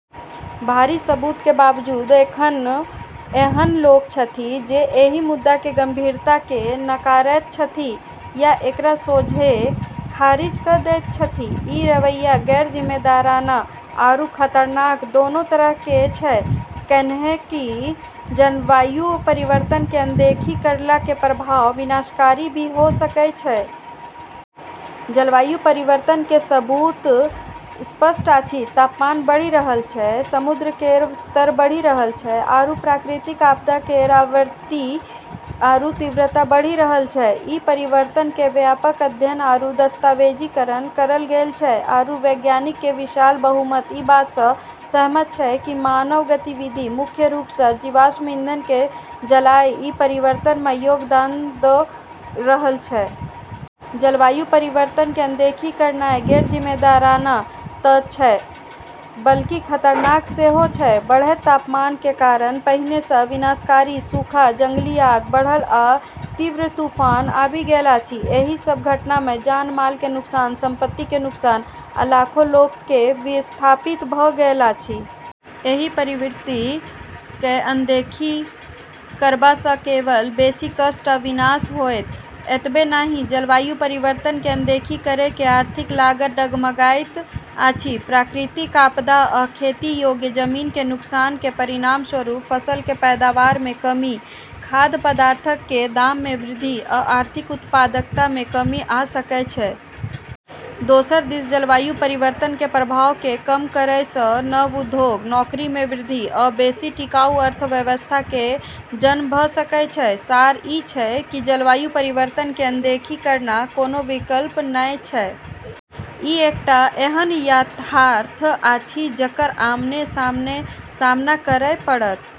भारी सबूत के बावजूद एखनो एहन लोक छथि जे एहि मुद्दा के गंभीरता के नकारैत छथि, या एकरा सोझे खारिज क दैत छथि। ई रवैया गैर जिम्मेदाराना आरू खतरनाक दोनों तरह के छै, कैन्हेंकि जलवायु परिवर्तन के अनदेखी करला के प्रभाव विनाशकारी भी होय सकै छै। जलवायु परिवर्तन के सबूत स्पष्ट अछि। तापमान बढ़ी रहलऽ छै, समुद्र केरऽ स्तर बढ़ी रहलऽ छै, आरू प्राकृतिक आपदा केरऽ आवृत्ति आरू तीव्रता बढ़ी रहलऽ छै। ई परिवर्तनऽ के व्यापक अध्ययन आरू दस्तावेजीकरण करलऽ गेलऽ छै, आरू वैज्ञानिकऽ के विशाल बहुमत ई बात स॑ सहमत छै कि मानव गतिविधि, मुख्य रूप स॑ जीवाश्म ईंधन के जलाय, ई परिवर्तन म॑ योगदान द॑ रहलऽ छै। जलवायु परिवर्तन के अनदेखी करनाय गैर जिम्मेदाराना त छै, बल्कि खतरनाक सेहो छै. बढ़ैत तापमान के कारण पहिने सं विनाशकारी सूखा, जंगली आग बढ़ल, आ तीव्र तूफान आबि गेल अछि. एहि सब घटना मे जान-माल के नुकसान, संपत्ति के नुकसान, आ लाखों लोक के विस्थापित भ गेल अछि. एहि प्रवृत्ति कए अनदेखी करबा स केवल बेसी कष्ट आ विनाश होएत। एतबे नहिं जलवायु परिवर्तन के अनदेखी करय के आर्थिक लागत डगमगाइत अछि. प्राकृतिक आपदा आ खेती योग्य जमीन कें नुकसान कें परिणामस्वरूप फसल कें पैदावार मे कमी, खाद्य पदार्थक कें दाम मे वृद्धि, आ आर्थिक उत्पादकता मे कमी आ सकय छै. दोसर दिस जलवायु परिवर्तन कें प्रभाव कें कम करय सं नव उद्योग, नौकरी मे वृद्धि, आ बेसि टिकाऊ अर्थव्यवस्था कें जन्म भ सकय छै. सार ई छै कि जलवायु परिवर्तन के अनदेखी करना कोनो विकल्प नै छै। ई एकटा एहन यथार्थ अछि जकर आमने-सामने सामना करय पड़त।